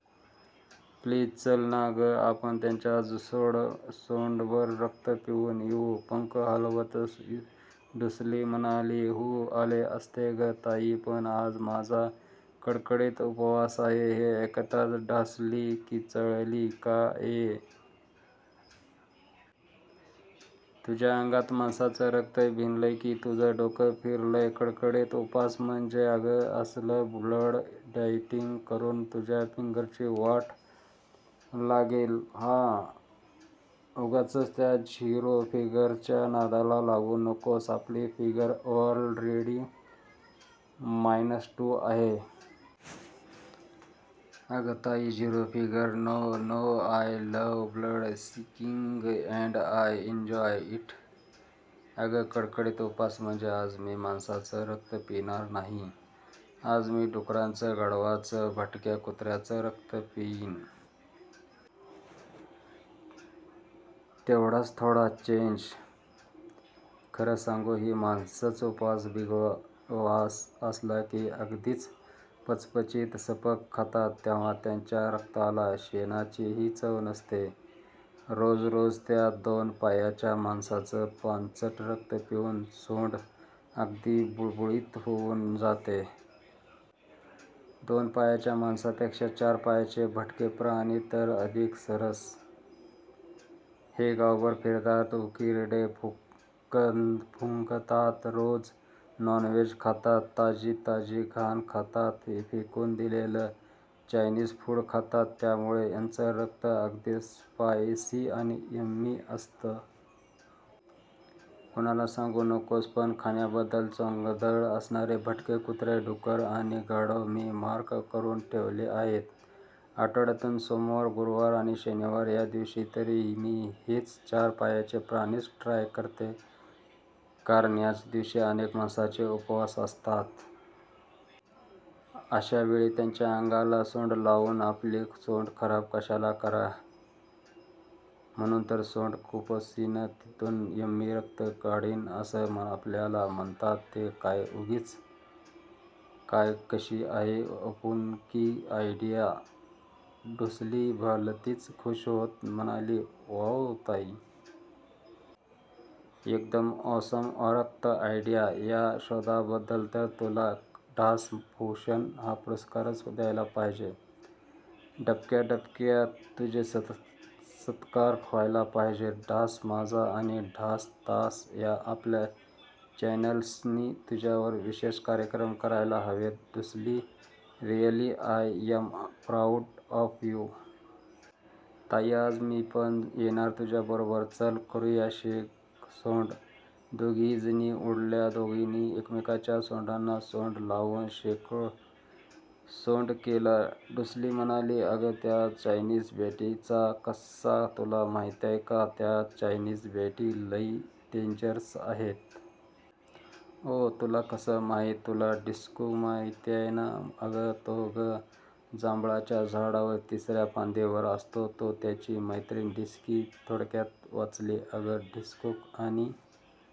Please चल ना गं.. आपण त्याचं सोंडभर रक्त पिऊन येऊ. " पंख हलवत डुसुली म्हणाली, "हूं.. आले असते गं ताई, पण आज माझा कडकडीत उपवास आहे. " हे ऐकताच डासुली किंचाळली, "का.. य? तुझ्या अंगात माणसाचं रक्त भिनलंय की तुझं डोकं फिरलंय? कडकडीत उपवास म्हणजे..? अगं असलं 'ब्लड डाएटींग' करून तुझ्या फिगरची वाट लागेल हं. उगाचच त्या 'झिरो फिगर'च्या नादाला लागू नकोस. आपली फिगर ऑलरेडी मायनस टू आहे. " "अगं ताई, 'zero figure' no.. no! I love blood sucking and I enjoy it! अगं कडकडीत उपवास म्हणजे, आज मी माणसाचं रक्त पिणार नाही. आज मी डुकराचं, गाढवाचं, भटक्या कुत्र्याचं रक्त पिईन. तेव्हढाच थोडा चेंज. खरं सांगू, ही माणसं उपवास बिपवास असला की अगदीच पचपचीत, सपक खातात. तेव्हा त्यांच्या रक्ताला शेणाचीही चव नसते. रोज रोज त्या दोन पायांच्या माणसांचं पांचट रक्त पिऊन सोंड अगदी बुळबुळीत होऊन जाते. दोन पायांच्या माणसांपेक्षा चार पायांचे भटके प्राणी तर अधिक सरस. हे गावभर फिरतात. उकिरडे फुंकतात. रोज नॉनव्हेज खातात. ताजी ताजी घाण खातात. फेकून दिलेलं चायनीज फूड खातात. त्यामुळे यांचं रक्त अगदी स्पायसी आणि यम्मी असतं. कुणाला सांगू नकोस.. पण खाण्याबद्दल चोखंदळ असणारे भटके कुत्रे, डुकरं आणि गाढवं मी मार्क करून ठेवली आहेत. आठवड्यातून सोमवार, गुरुवार आणि शनिवार या दिवशी तरी मी हेच चार पायांचे प्राणीच ट्राय करते. कारण याच दिवशी अनेक माणसांचे उपवास असतात. अशावेळी त्यांच्या अंगाला सोंड लावून, आपली सोंड खराब कशाला करा. म्हणून तर 'सोंड खुपसीन तिथून यम्मी रक्त काढीन' असं आपल्यात म्हणतात ते काय उगीच? काय कशी आहे आपुनकी आयडिया? " डासुली भलतीच खूश होत म्हणाली, "वॉव ताई! एकदम ऑसम ऑरक्त आयडिया!! या शोधाबद्दल तर तुला 'डास भूषण' हा पुरस्कारच द्यायला पाहिजे. डबक्याडबक्यांत तुझे सत्कार व्हायला पाहिजेत. 'डास माझा' आणि 'डास तास' या आपल्या चॅनेल्सनी तुझ्यावर विशेष कार्यक्रम करायला हवेत. डुसुली, really I am proud of you! ताई, आज मी पण येणार तुझ्याबरोबर. चल करुया शेकसोंड. " दोघी जणी उडाल्या. दोघींनी एकमेकांच्या सोंडांना सोंड लावून शेकसोंड केलं. डासुली म्हणाली, "अगं त्या चायनीज बॅटींचा किस्सा तुला माहित्यै का? त्या चायनीज बॅटी लई डेंजरस आहेत. " "आँ? तुला कसं माहीत? " "तुला डिसकू माहित्यै ना? अगं तो गं.. जांभळाच्या झाडावर तिसर्या फांदीवर असतो तो. त्याची मैत्रीण डिसकी थोडक्यात वाचली. " "अगं डिसकू आणि